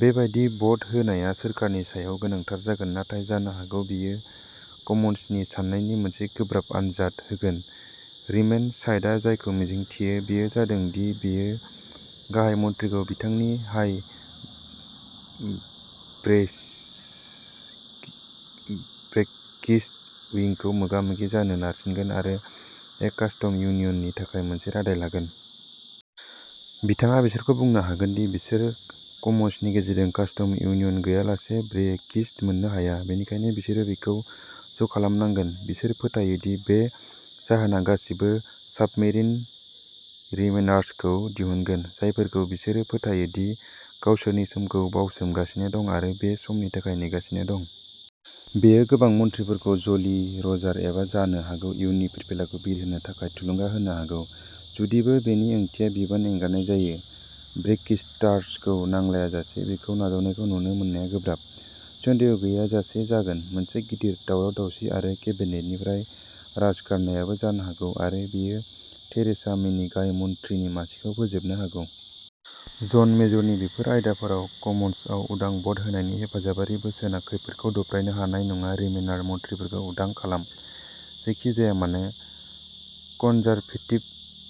बेबादि भट होनाया सोरखारनि सायाव गोनांथार जागोन। नाथाय जानो हागौ बेयो कमन्सनि साननायनि मोनसे गोब्राब आनजाद होगोन। रिमेन साइडआ जायखौ मिजिंथियो बेयो जादों दि बेयो गाहाय मन्थ्रिखौ बिथांनि हार्ड ब्रेक्सिट उइंखौ मोगा-मोगि जानो नारसिनगोन आरो ए कास्टम इउनियननि थाखाय मोनसे रादाय लागोन। बिथाङा बिसोरखौ बुंनो हागोन दि बिसोर कमन्सनि गेजेरजों कास्टम इउनियन गैयालासे ब्रेक्सिट मोननो हाया, बेनिखायनो बिसोरो बेखौ ज' खालामनांगोन। बिसोर फोथायो दि बे जाहोना गासिबो साबमेरिन रिमेनार्स खौ दिहुनगोन, जायफोरखौ बिसोरो फोथायो दि गावसोरनि समखौ बावसोमगासिनो दं आरो बे समनि थाखाय नेगासिनो दं। बेयो गोबां मन्थ्रिफोरखौ ज'लि रजार एबा जानो हागौ इयुनि फिरफिलाखौ बिरहोनो थाखाय थुलुंगा होनो हागौ, जुदिबो बेनि ओंथिया बिबान एंगारनाय जायो। ब्रेक्सिटार्सखौ नांलायालासे बेखौ नाजावनायखौ नुनो मोननाया गोब्राब। सन्देह गैयाजासे जागोन। मोनसे गिदिर दावराव-दावसि आरो केबिनेटनिफ्राय राजगारनायाबो जानो हागौ आरो बेयो थेरेसा मेनि गाहाय मन्थ्रिनि मासिखौ फोजोबनो हागौ। जन मेजरनि बेफोर आयदाफोराव कमन्सआव उदां भ'ट होनायनि हेफाजाबारि बोसोनआ खैफोदखौ दबथायनो हानाय नङा रिमेनार मन्थ्रिफोरखौ उदां खालाम। जेखि जाया मानो, कनजारभेटिभ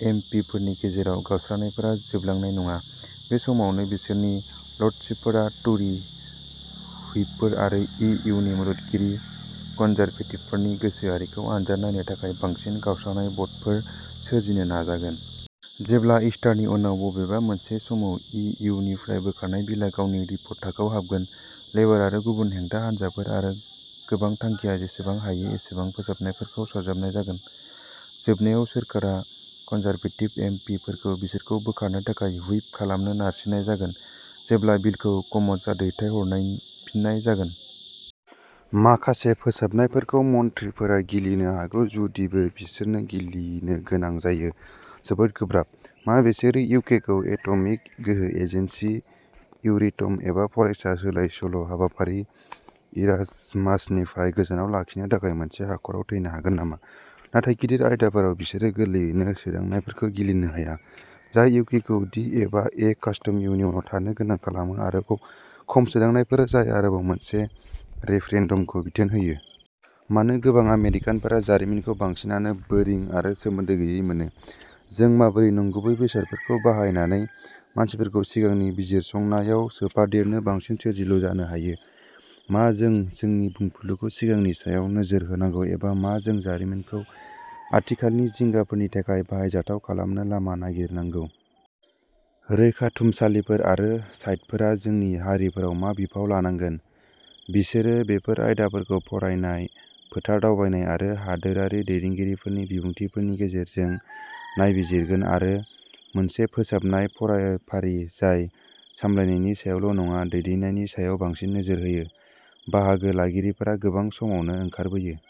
एम पि फोरनि गेजेराव गावस्रानायफोरा जोबलांनाय नङा। बे समावनो बिसोरनि लर्डशिपफोरा ट'रि हुइपफोर आरो इ इउ नि मददगिरि कनजारभेटिभफोरनि गोसोआरिखौ आनजाद नायनो थाखाय बांसिन गावस्रानाय भ'टफोर सोरजिनो नाजागोन। जेब्ला, ईस्टारनि उनाव बबेबा मोनसे समाव, इ इउ निफ्राय बोखारनाय बिलआ गावनि रिपर्ट थाखोआव हाबगोन, लेबार आरो गुबुन हेंथा हानजाफोर आरो गोबांनि थांखिया जेसेबां हायो एसेबां फोसाबनायफोरखौ सरजाबनाय जागोन, जोबनायाव सोरखारा कनजारभेटिभ एम पि फोरखौ बिसोरखौ बोखारनो थाखाय हुइप खालामनो नारसिननाय जागोन, जेब्ला बिलखौ कमन्सआव दैथायहरफिननाय जागोन। माखासे फोसाबनायफोरखौ मन्थ्रिफोरा गिलिनो हागौ, जुदिबो बिसोरनो गिलिनो गोनां जायो। जोबोद गोब्राब। मा बिसोरो इउकेखौ एट'मिक गोहो एजेन्सि, इउरेटम, एबा फरायसा सोलाय-सोल' हाबाफारि, इरास्मासनिफ्राय गोजानाव लाखिनो थाखाय मोनसे हाखराव थैनो हागोन नामा? नाथाय गिदिर आयदाफोराव, बिसोरो गोरलैयैनो सोदांनायफोरखौ गिलिनो हाया, जाय इउकेखौ दि एबा ए कास्टम इउनियनआव थानो गोनां खालामो आरोबाव खम सोदांनायफोर जाय आरोबाव मोनसे रेफरेन्डमखौ बिथोन होयो। मानो गोबां आमेरिकानफोरा जारिमिनखौ, बांसिनानो, बोरिं आरो सोमोन्दो गैयै मोनो? जों माबोरै नंगुबै बेसादफोरखौ बाहायनानै मानसिफोरखौ सिगांनि बिजिरसंनायाव सोफादेरनो बांसिन सोरजिलु जानो हायो? मा जों जोंनि बुंफुरलुखौ सिगांनि सायाव नोजोर होनांगौ एबा मा जों जारिमिनखौ आथिखालनि जिंगाफोरनि थाखाय बाहायजाथाव खालामनो लामा नागिरनांगौ? रैखाथुमसालिफोर आरो साइटफोरा जोंनि हारिफोराव मा बिफाव लानांगोन? बिसोरो बेफोर आयदाफोरखौ फरायनाय, फोथार दावबायनाय आरो हादोरारि दैदेनगिरिफोरनि बिबुंथिफोरनि गेजेरजों नायबिजिरगोन आरो मोनसे फोसाबनाय फरायफारि जाय सामलायनायनि सायावल' नङा, दैदेननायनि सायाव बांसिन नोजोर होयो। बाहागो लागिरिफोरा गोबां समावनो ओंखारबोयो।